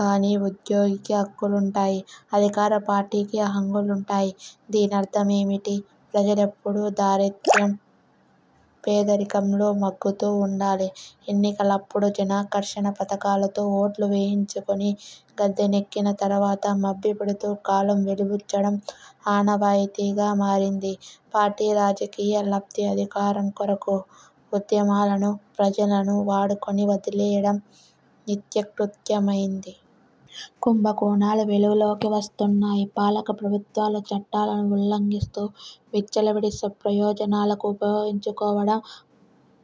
కానీ ఉద్యోగికి హక్కులుంటాయి. అధికార పార్టీకి హంగులుంటాయి? దీనర్థమేమిటి? ప్రజలెప్పుడూ దారిద్య్రం, పేదరికంలో మగ్గుతూ ఉండాలి. ఎన్నికలప్పుడు జనాకర్షణ పథకాలతో ఓట్లు వేయించుకొని గద్దెనెక్కిన తర్వాత మభ్యపెడుతూ కాలం వెలిబుచ్చడం ఆనవాయితీగా మారింది. పార్టీ రాజకీయ లబ్ధి, అధికారం కొరకు ఉద్యమాలను, ప్రజలను వాడుకొని వదిలెయ్యడం నిత్యకృత్యమైంది. కుంభకోణాలు వెలుగులోకి వస్తున్నాయి. పాలక ప్రభుత్వాలు చట్టాలను ఉల్లంఘిస్తూ, విచ్చలవిడి స్వప్రయోజనాలకు ఉపయోగించుకోవడం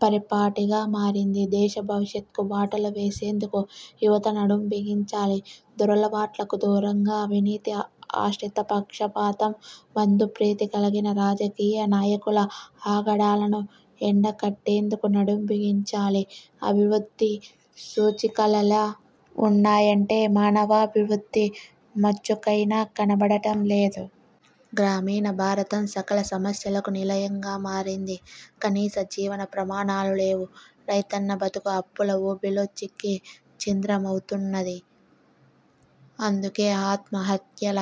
పరిపాటిగా మారింది. దేశ భవిష్యత్కు బాటలు వేసేందుకు యువత నడుం బిగించాలి. దురలవాట్లకు దూరంగా, అవినీతి, అశ్రితపక్షపాతం, బంధుప్రీతి కలిగిన రాజకీయ నాయకుల ఆగడాలను ఎండకట్టేందుకు నడుం బిగించాలి. అభివృద్ధి సూచికలెలా ఉన్నాయంటే మానవాభివృద్ధి మచ్చుకైన కనబడటం లేదు. గ్రామీణ భారతం సకల సమస్యలకు నిలయంగా మారింది. కనీస జీవన ప్రమాణాలు లేవు. రైతన్న బతుకు అప్పుల ఊబిలో చిక్కి ఛిద్రమవుతున్నది. అందుకే ఆత్మహత్యల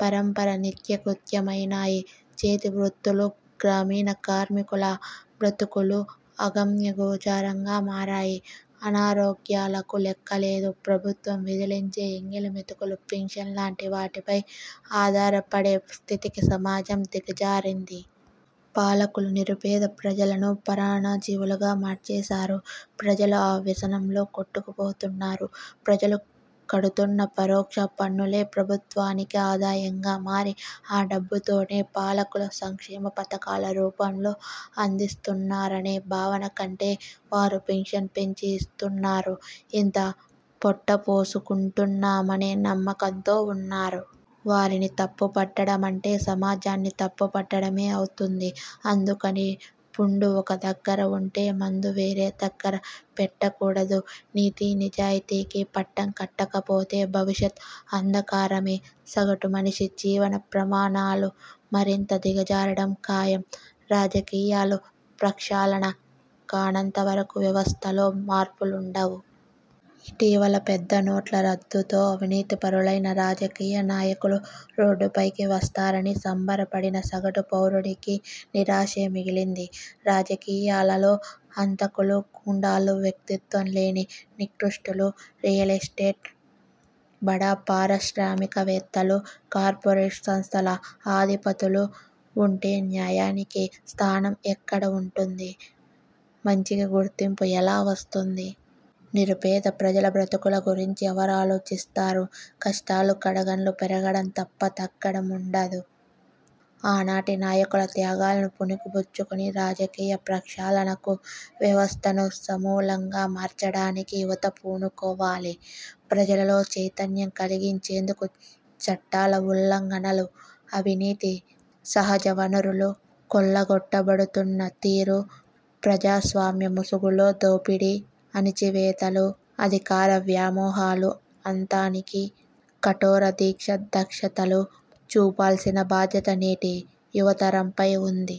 పరంపర నిత్యకృత్యమైనాయి. చేతివృత్తులు, గ్రామీణ కార్మికుల బ్రతుకులు అగమ్యగోచరంగా మారాయి. అనారోగ్యాలకు లెక్కలేదు. ప్రభుత్వం విదిలించే ఎంగిలి మెతుకులు పెన్షన్ లాంటి వాటిపై ఆధారపడే స్థితికి సమాజం దిగజారింది. పాలకులు నిరుపేద ప్రజలను పరాన్నజీవులుగా మార్చేసారు. ప్రజలు ఆ వ్యసనంలో కొట్టుకపోతున్నారు. ప్రజలు కడుతున్న పరోక్ష పన్నులే, ప్రభుత్వానికి ఆదాయంగా మారి ఆ డబ్బుతోనే పాలకులు సంక్షేమ పథకాల రూపంలో అందిస్తున్నారనే భావన కంటే, వారు పెన్షన్ పెంచి ఇస్తున్నారు. ఇంత పొట్టపోసుకుంటున్నామనే నమ్మకంతో ఉన్నారు. వారిని తప్పుపట్టడమంటే సమాజాన్ని తప్పుపట్టడమే అవుతుంది. అందుకని పుండు ఒక దగ్గర వుంటే, మందు వేరే దగ్గర పెట్టకూడదు. నీతి, నిజాయితికి పట్టం కట్టకపోతే, భవిష్యత్ అంధకారమే. సగటు మనిషి జీవన ప్రమాణాలు మరింత దిగజారడం ఖాయం. రాజకీయాలు ప్రక్షాళన కానంత వరకు వ్యవస్థలో మార్పులుండవు. ఇటీవల పెద్ద నోట్ల రద్దుతో అవినీతిపరులైన రాజకీయ నాయకులు రోడ్డుపైకి వస్తారని సంబరపడిన సగటు పౌరుడికి నిరాశే మిగిలింది. రాజకీయాలలో హంతకులు, గుండాలు, వ్యక్తిత్వం లేని నికృష్టులు, రియల్ఎస్టేట్, బడా పారిశ్రామికవేత్తలు, కార్పోరేట్ సంస్థల ఆధిపతులు ఉంటే న్యాయానికి స్థానం ఎక్కడ వుంటుంది? మంచికి గుర్తింపు ఎలా వస్తుంది? నిరుపేద ప్రజల బ్రతుకుల గురించి ఎవరాలోచిస్తారు? కష్టాలు, కడగండ్లు పెరగడం తప్ప తగ్గడముండదు. ఆనాటి నాయకుల త్యాగాలను పుణికిపుచ్చుకొని రాజకీయ ప్రక్షాళనకు, వ్యవస్థను సమూలంగా మార్చడానికి యువత పూనుకోవాలి. ప్రజలలో చైతన్యం కలిగించేందుకూ, చట్టాల ఉల్లంఘనలు, అవినీతి, సహజవనరులు కొల్లగొట్టబడుతున్న తీరు, ప్రజాస్వామ్య ముసుగులో దోపిడీ, అణచివేతలు, అధికార వ్యామోహాల అంతానికీ కఠోర దీక్షా దక్షతలు చూపాల్సిన బాధ్యత నేటి యువతరంపై ఉంది.